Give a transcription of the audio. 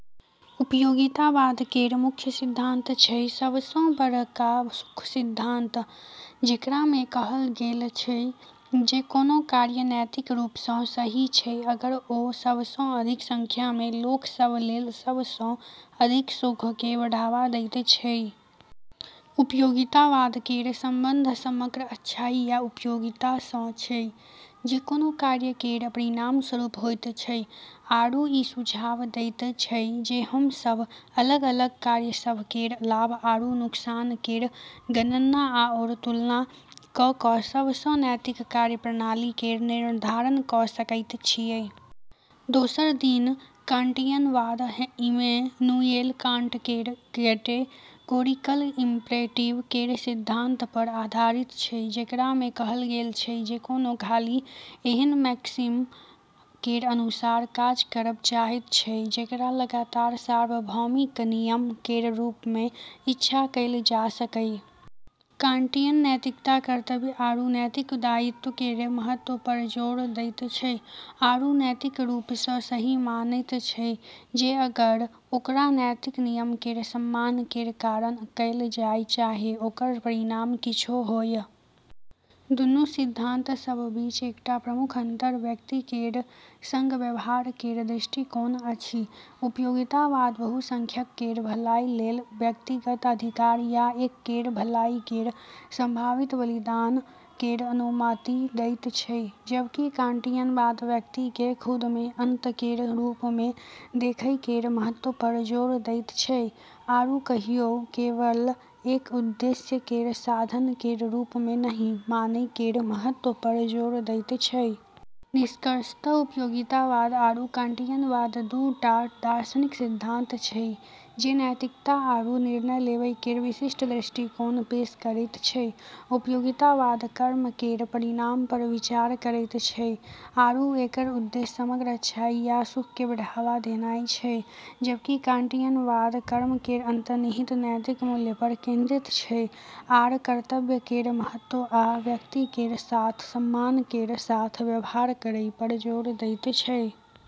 उपयोगितावाद केर मुख्य सिद्धांत छै सब सँ बड़का सुख सिद्धांत, जेकरा मे कहल गेल छै जे कोनो कार्य नैतिक रूप सँ सही छै अगर ओ सब सँ अधिक संख्या मे लोक सभ लेल सब सँ अधिक सुख केँ बढ़ावा दैत छै। उपयोगितावाद केर संबंध समग्र अच्छाई या "उपयोगिता" सँ छै जे कोनो कार्य केर परिणामस्वरूप होइत छै, आरू ई सुझाव दैत छै जे हम सभ अलग-अलग कार्य सभ केर लाभ आरू नुकसान केर गणना आओर तुलना कऽ कऽ सब सँ नैतिक कार्य-प्रणाली केर निर्धारण कऽ सकैत छियै। दोसर दिस कांटियनवाद इमैनुएल कांट केर कैटेगोरिकल इम्परेटिव केर सिद्धांत पर आधारित छै, जेकरा मे कहल गेल छै जे कोनो खाली एहन मैक्सिम केर अनुसार काज करब चाहैत छै जेकरा लगातार सार्वभौमिक नियम केर रूप मे इच्छा कएल जा सकए। कांटियन नैतिकता कर्तव्य आरू नैतिक दायित्व केर महत्व पर जोर दैत छै, आरू नैतिक रूप सँ सही मानैत छै जे अगर ओकरा नैतिक नियम केर सम्मान केर कारण कएल जाय, चाहे ओकर परिणाम किछौ होअय। दुनू सिद्धांत सभ बीच एकटा प्रमुख अंतर व्यक्ति केर संग व्यवहार केर दृष्टिकोण अछि। उपयोगितावाद बहुसंख्यक केर भलाई लेल व्यक्तिगत अधिकार या एक केर भलाई केर संभावित बलिदान केर अनुमति दैत छै, जबकि कांटियनवाद व्यक्ति केँ खुद मे अंत केर रूप मे देखै केर महत्व पर जोर दैत छै, आरू कहियो केवल एक उद्देश्य केर साधन केर रूप मे नहि मानै केर महत्व पर जोर दैत छै। निष्कर्षतः उपयोगितावाद आरू कांटियनवाद दू टा दार्शनिक सिद्धांत छै जे नैतिकता आरू निर्णय लेबै केर विशिष्ट दृष्टिकोण पेश करैत छै। उपयोगितावाद कर्म केर परिणाम पर विचार करैत छै आरू एकर उद्देश्य समग्र अच्छाई या सुख केँ बढ़ावा देनाय छै, जबकि कांटियनवाद कर्म केर अंतर्निहित नैतिक मूल्य पर केंद्रित छै आर कर्तव्य केर महत्व आ व्यक्ति केर साथ सम्मान केर साथ व्यवहार करै पर जोर दैत छै।